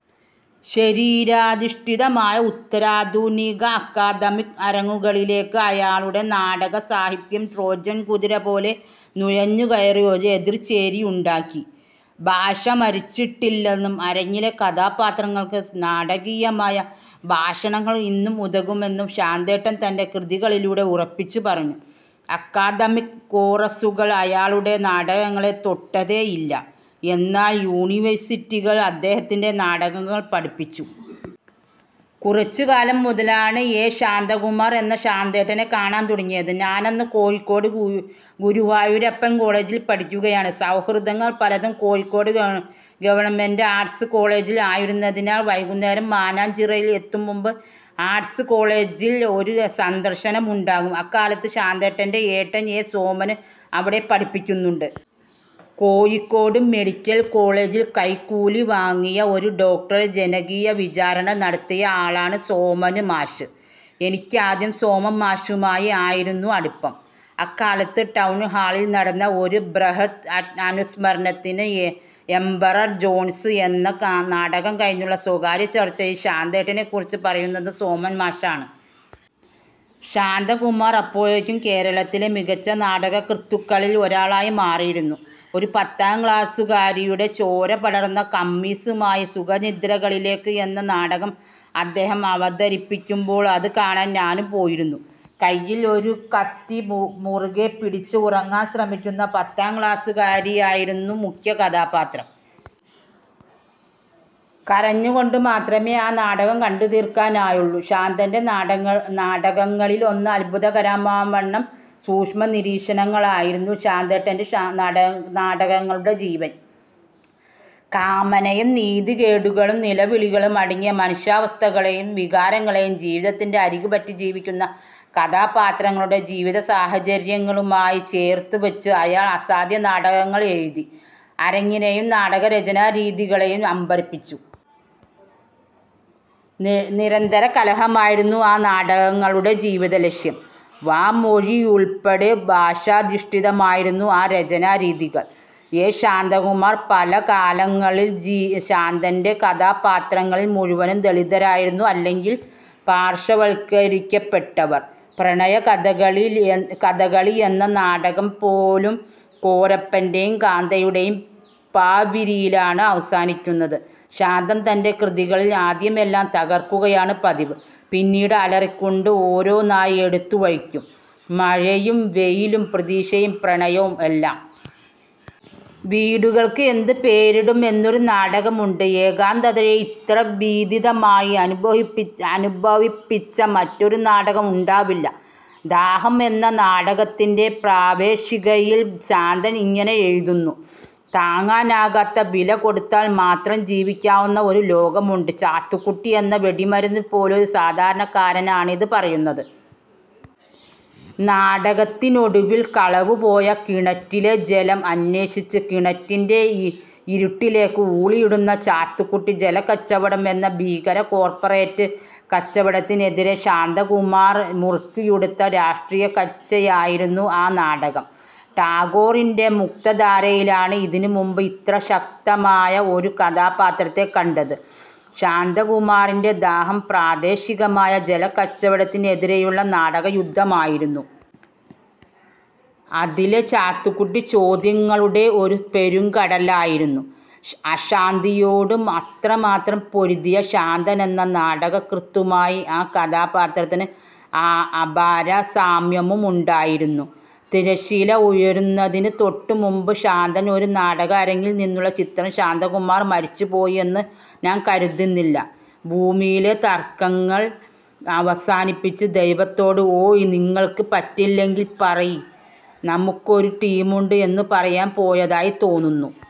ശരീരാധിഷ്ഠിതമായ ഉത്തരാധുനിക -അക്കാദമിക് അരങ്ങുകളിലേക്ക് അയാളുടെ നാടകസാഹിത്യം ട്രോജൻ കുതിര പോലെ നുഴഞ്ഞുകയറി ഒരെതിർ ചേരിയുണ്ടാക്കി. ഭാഷ മരിച്ചില്ലെന്നും അരങ്ങിലെ കഥാപാത്രങ്ങൾക്ക് നാടകീയമായ ഭാഷണങ്ങൾ ഇന്നും ഉതകുമെന്നും ശാന്തേട്ടൻ തന്റെ കൃതികളിലൂടെ ഉറപ്പിച്ചു പറഞ്ഞു. അക്കാദമിക് കോറസുകൾ അയാളുടെ നാടകങ്ങളെ തൊട്ടതേയില്ല. എന്നാൽ യൂണിവേഴ്സിറ്റികൾ അദ്ദേഹത്തിന്റെ നാടകങ്ങൾ പഠിപ്പിച്ചു. കുറച്ചു കാലം മുതലാണ് എ ശാന്തകുമാർ എന്ന ശാന്തേട്ടനെ കാണാൻ തുടങ്ങിയത്. ഞാനന്ന് കോഴിക്കോട് ഗുരുവായൂരപ്പൻ കോളജിൽ പഠിക്കുകയാണ്. സൗഹൃദങ്ങൾ പലതും കോഴിക്കോട് ഗവ. ആർട്സ് കോളജിൽ ആയിരുന്നതിനാൽ വൈകുന്നേരം മാനാഞ്ചിറയിൽ എത്തും മുമ്പ് ആർട്സ് കോളജിൽ ഒരു സന്ദർശനമുണ്ടാകും. അക്കാലത്ത് ശാന്തേട്ടന്റെ ഏട്ടൻ എ സോമന് അവിടെ പഠിപ്പിക്കുന്നുണ്ട്. കോഴിക്കോട് മെഡിക്കൽ കോളജിൽ കൈക്കൂലി വാങ്ങിയ ഒരു ഡോക്ടറെ ജനകീയ വിചാരണ നടത്തിയ ആളാണ് സോമന് മാഷ്. എനിക്കാദ്യം സോമൻ മാഷുമായി ആയിരുന്നു അടുപ്പം. അക്കാലത്ത് ടൗണ്ഹാളിൽ നടന്ന ഒരു ബ്രഹ്ത് അനുസ്മരണത്തിന് ' എമ്പറർ ജോണ്സ് ' എന്ന നാടകം കഴിഞ്ഞുള്ള സ്വകാര്യ ചർച്ചയിൽ ശാന്തേട്ടനെ കുറിച്ച് പറയുന്നത് സോമൻ മാഷാണ്. ശാന്തകുമാർ അപ്പോഴേക്കും കേരളത്തിലെ മികച്ച നാടകകൃത്തുക്കളിൽ ഒരാളായി മാറിയിരുന്നു. ഒരു പത്താം ക്ലാസുകാരിയുടെ ചോര പടർന്ന കമ്മീസുമായി ' സുഖനിദ്രകളിലേക്ക് ' എന്ന നാടകം അദ്ദേഹം അവതരിപ്പിക്കുമ്പോൾ അത് കാണാൻ ഞാനും പോയിരുന്നു. കയ്യിൽ ഒരു കത്തി മുറുകെ പിടിച്ച് ഉറങ്ങാൻ ശ്രമിക്കുന്ന പത്താം ക്ലാസുകാരിയായിരുന്നു മുഖ്യ കഥാപാത്രം. കരഞ്ഞുകൊണ്ടു മാത്രമേ ആ നാടകം കണ്ടുതീർക്കാനായുള്ളൂ. ശാന്തന്റെ നാടകങ്ങളിൽ ഒന്ന്നാടകങ്ങളിലൊന്ന് അത്ഭുതകരമാം വണ്ണം സൂക്ഷ്മനിരീക്ഷണങ്ങളായിരുന്നു ശാന്തേട്ടന്റെ നാടകങ്ങളുടെ ജീവൻ. കാമനയും നീതികേടുകളും നിലവിളികളും അടങ്ങിയ മനുഷ്യാവസ്ഥകളെയും വികാരങ്ങളെയും ജീവിതത്തിന്റെ അരികു പറ്റി ജീവിക്കുന്ന കഥാപാത്രങ്ങളുടെ ജീവിത സാഹചര്യങ്ങളുമായി ചേർത്തു വെച്ച് അയാൾ അസാധ്യ നാടകങ്ങൾ എഴുതി അരങ്ങിനെയും നാടക രചനാ രീതികളേയും അമ്പരപ്പിച്ചു. നിരന്തര കലഹമായിരുന്നു ആ നാടകങ്ങളുടെ ജീവിത ലക്ഷ്യം. വാമൊഴിയുൾപ്പെടെ ഭാഷാധിഷ്ഠിതമായിരുന്നു ആ രചനാരീതികൾ. എ ശാന്തകുമാർ പല കാലങ്ങളിൽ ശാന്തന്റെ കഥാപാത്രങ്ങളിൽ മുഴുവനും ദളിതരായിരുന്നു. അല്ലെങ്കിൽ പാർശ്വവത്കരിക്കപ്പെട്ടവർ. ' പ്രണയ കഥകളി'യെന്ന നാടകം പോലും കോരപ്പന്റേയും കാന്തയുടേയും പാവിരിയിലാണ് അവസാനിക്കുന്നത്. ശാന്തൻ തന്റെ കൃതികളിൽ ആദ്യം എല്ലാം തകർക്കുകയാണ് പതിവ്, പിന്നീട് അലറിക്കൊണ്ട് ഓരോന്നായി എടുത്തു വയ്ക്കും, മഴയും വെയിലും പ്രതീക്ഷയും പ്രണയവും എല്ലാം. ' വീടുകൾക്ക് എന്ത് പേരിടും ' എന്നൊരു നാടകമുണ്ട് ഏകാന്തതയെ ഇത്ര ഭീതിദമായി അനുഭവിച്ച അനുഭവിപ്പിച്ച മറ്റൊരു നാടകം ഉണ്ടാവില്ല. ' ദാഹം ' എന്ന നാടകത്തിന്റെ പ്രവേശികയിൽ ശാന്തൻ ഇങ്ങനെ എഴുതുന്നു, ' താങ്ങാനാകാത്ത വില കൊടുത്താൽ മാത്രം ജീവിക്കാവുന്ന ഒരു ലോകമുണ്ട്. ' ചാത്തുക്കുട്ടി എന്ന വെടിമരുന്നു പോലൊരു സാധാരണക്കാരനാണിത് പറയുന്നത്. നാടകത്തിനൊടുവിൽ കളവുപോയ കിണറ്റിലെ ജലം അന്വേഷിച്ച് കിണറ്റിന്റെ ഇരുട്ടിലേക്ക് ഊളിയിടുന്ന ചാത്തുക്കുട്ടി! ജലക്കച്ചവടം എന്ന ഭീകര കോർപ്പറേറ്റ് കച്ചവടത്തിനെതിരെ ശാന്തകുമാർ മുറുക്കിയുടുത്ത രാഷ്ട്രീയ കച്ചയായിരുന്നു ആ നാടകം. ടാഗോറിന്റെ മുക്തധാരയിലാണ് ഇതിനു മുമ്പ് ഇത്ര ശക്തമായ ഒരു കഥാപാത്രത്തെ കണ്ടത്. ശാന്തകുമാറിന്റെ ദാഹം പ്രാദേശികമായ ജലക്കച്ചവടത്തിനെതിരെയുള്ള നാടക യുദ്ധമായിരുന്നു. അതിലെ ചാത്തുക്കുട്ടി ചോദ്യങ്ങളുടെ ഒരു പെരുങ്കടലായിരുന്നു. അശാന്തിയോട് അത്രമാത്രം പൊരുതിയ ശാന്തനെന്ന നാടകകൃത്തുമായി ആ അ കഥാപാത്രത്തിന് അപാര സാമ്യമുമുണ്ടായിരുന്നു. തിരശ്ശീല ഉയരുന്നതിന് തൊട്ടുമുമ്പ്, ശാന്തൻ. ഒരു നാടക അരങ്ങിൽ നിന്നുള്ള ചിത്രം ശാന്തകുമാർ മരിച്ചു പോയി എന്ന് ഞാൻ കരുതുന്നില്ല, ഭൂമിയിലെ തർക്കങ്ങൾ അവസാനിപ്പിച്ച് ദൈവത്തോട്, ' ഓയ് നിങ്ങൾക്ക് പറ്റില്ലെങ്കിൽ പറയ്, നമ്മക്കൊര് ടീമുണ്ട് ' എന്ന് പറയാൻ പോയതായി തോന്നുന്നു.